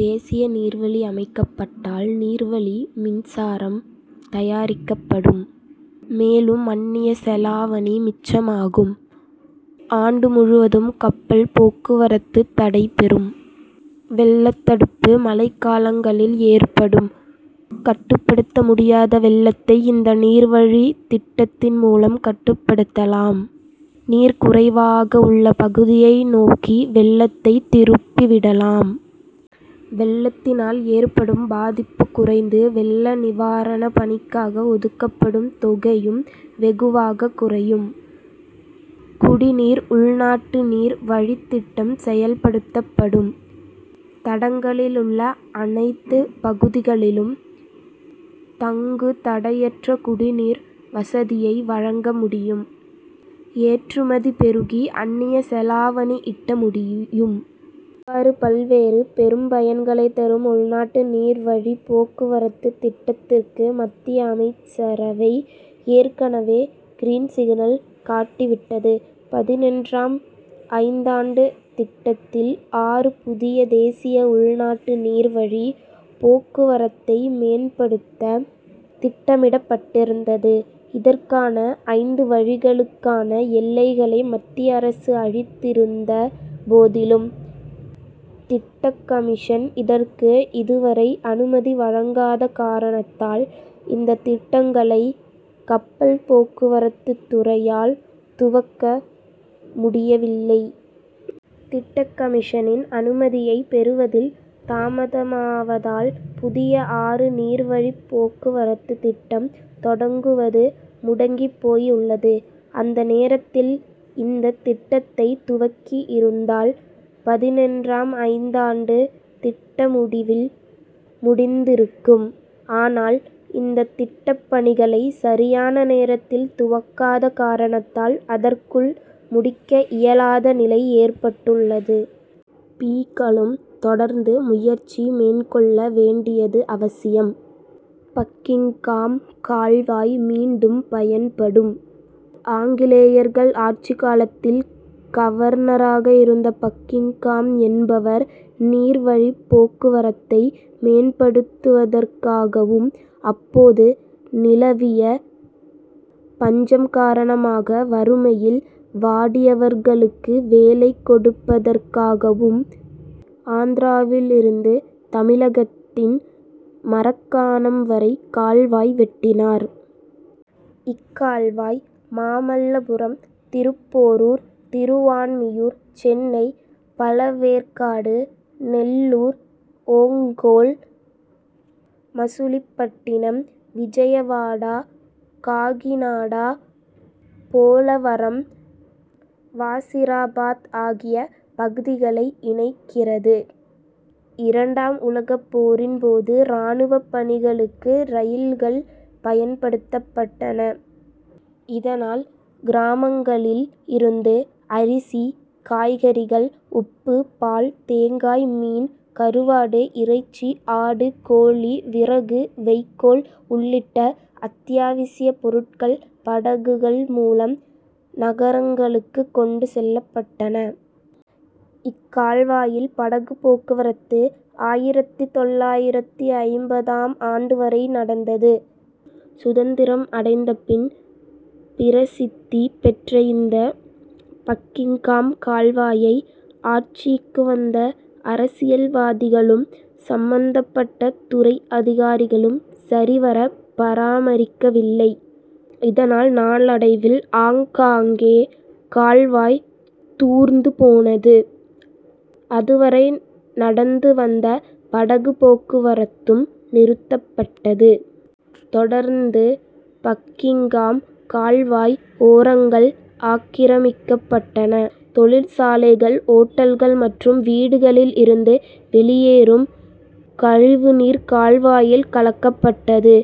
தேசிய நீர்வழி அமைக்கப்பட்டால் நீர்வழி மின்சாரம் தயாரிக்கப்படும். மேலும் அன்னிய செலாவணி மிச்சமாகும். ஆண்டு முழுவதும் கப்பல் போக்குவரத்து நடைபெறும். வெள்ளத்தடுப்பு மழைக்காலங்களில் ஏற்படும் கட்டுப்படுத்த முடியாத வெள்ளத்தை இந்த நீர்வழி திட்டத்தின் மூலம் கட்டுப்படுத்தலாம். நீர் குறைவாக உள்ள பகுதியை நோக்கி வெள்ளத்தை திருப்பி விடலாம். வெள்ளத்தினால் ஏற்படும் பாதிப்பு குறைந்து வெள்ள நிவாரண பணிக்காக ஒதுக்கப்படும் தொகையும் வெகுவாக குறையும். குடிநீர் உள்நாட்டு நீர் வழித் திட்டம் செயல்படுத்தப்படும் தடங்களில் உள்ள அனைத்து பகுதிகளுக்கும் தங்கு தடையற்ற குடிநீர் வசதியை வழங்க முடியும். ஏற்றுமதி பெருகி அன்னிய செலாவணி ஈட்ட முடியும். இவ்வாறு பல்வேறு பெரும் பயன்களை தரும் உள்நாட்டு நீர் வழி போக்குவரத்து திட்டத்திற்கு மத்திய அமைச்சரவை ஏற்கனவே கிரீன் சிக்னல் காட்டிவிட்டது. பதினொன்றாம் ஐந்தாண்டு திட்டத்தில் ஆறு புதிய தேசிய உள்நாட்டு நீர்வழி போக்குவரத்தை மேம்படுத்த திட்டமிடப்பட்டிருந்தது. இதற்காக ஐந்து வழிகளுக்கான எல்லைகளை மத்திய அரசு அளித்திருந்த போதிலும் திட்டக்கமிஷன் இதற்கு இதுவரை அனுமதி வழங்காத காரணத்தால் இந்த திட்டங்களை கப்பல் போக்குவரத்து துறையால் துவக்க முடியவில்லை. திட்டக்கமிஷனின் அனுமதியை பெறுவதில் தாமதமாவதால் புதிய ஆறு நீர்வழிப் போக்குவரத்து திட்டம் தொடங்குவது முடங்கிப்போய் உள்ளது. அந்த நேரத்தில் இந்த திட்டத்தை துவக்கி இருந்தால் பதினென்றாம் ஐந்தாண்டு திட்டமுடிவில் முடிந்திருக்கும். ஆனால் இந்த திட்டப்பணிகளை சரியான நேரத்தில் துவக்காத காரணத்தால் அதற்குள் முடிக்க இயலாத நிலை ஏற்பட்டுள்ளது. பி. க்களும் தொடர்ந்து முயற்சி மேற்கொள்ள வேண்டியது அவசியம். பக்கிங்காம் கால்வாய் மீண்டும் பயன்படும்! ஆங்கிலேயர்கள் ஆட்சி காலத்தில் கவர்னராக இருந்த பக்கிங்காம் என்பவர் நீர் வழிப் போக்குவரத்தை மேம்படுத்துவதற்காகவும் அப்போது நிலவிய பஞ்சம் காரணமாக வறுமையில் வாடியவர்களுக்கு வேலை கொடுப்பதற்காகவும் ஆந்திராவில் இருந்து தமிழகத்தின் மரக்காணம் வரை கால்வாய் வெட்டினார். இக்கால்வாய் மாமல்லபுரம் திருப்போரூர் திருவான்மியூர் சென்னை பழவேற்காடு நெல்லூர் ஓங்கோல் மசூலிப்பட்டினம் விஜயவாடா காகிநாடா போலவரம் வாசிராபாத் ஆகிய பகுதிகளை இணைக்கிறது. இரண்டாம் உலகப் போரின் போது ராணுவ பணிகளுக்கு ரயில்கள் பயன்படுத்தப்பட்டன. இதனால் கிராமங்களில் இருந்து அரிசி காய்கறிகள் உப்பு பால் தேங்காய் மீன் கருவாடு இறைச்சி ஆடு கோழி விறகு வைக்கோல் உள்ளிட்ட அத்தியாவசிய பொருட்கள் படகுகள் மூலம் நகரங்களுக்கு கொண்டு செல்லப்பட்டன. இக்கால்வாயில் படகு போக்குவரத்து ஆயிரத்தி தொள்ளாயிரத்தி ஐம்பதாம் ஆண்டு வரை நடந்தது. சுதந்திரம் அடைந்த பின் பிரசித்தி பெற்ற இந்த பக்கிங்காம் கால்வாயை ஆட்சிக்கு வந்த அரசியல்வாதிகளும் சம்பந்தப்பட்ட துறை அதிகாரிகளும் சரிவர பராமரிக்கவில்லை. இதனால் நாளடைவில் ஆங்காங்கே கால்வாய் தூர்ந்து போனது. அதுவரை நடந்து வந்த படகு போக்குவரத்தும் நிறுத்தப்பட்டது. தொடர்ந்து பக்கிங்காம் கால்வாய் ஓரங்கள் ஆக்கிரமிக்கப்பட்டன. தொழிற்சாலைகள் ஓட்டல்கள் மற்றும் வீடுகளில் இருந்து வெளியேறும் கழிவுநீர் கால்வாயில் கலக்கப்பட்டது.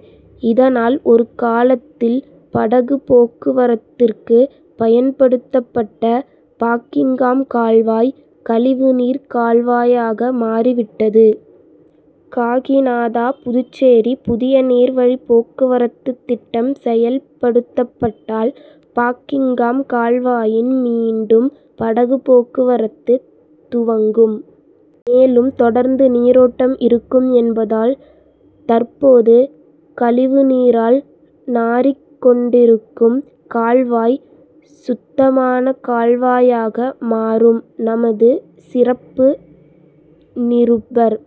இதனால் ஒரு காலத்தில் படகு போக்குவரத்திற்கு பயன்படுத்தப்பட்ட பாக்கிங்காம் கால்வாய் கழிவுநீர் கால்வாயாக மாறிவிட்டது. காகிநாடா புதுச்சேரி புதிய நீர் வழி போக்குவரத்து திட்டம் செயல்படுத்தப்பட்டால் பாக்கிங்காம் கால்வாயில் மீண்டும் படகு போக்குவரத்து துவங்கும். மேலும் தொடர்ந்து நீரோட்டம் இருக்கும் என்பதால் தற்போது கழிவுநீரால் நாறிக் கொண்டிருக்கும் கால்வாய் சுத்தமான கால்வாயாக மாறும். நமது சிறப்பு நிருபர்.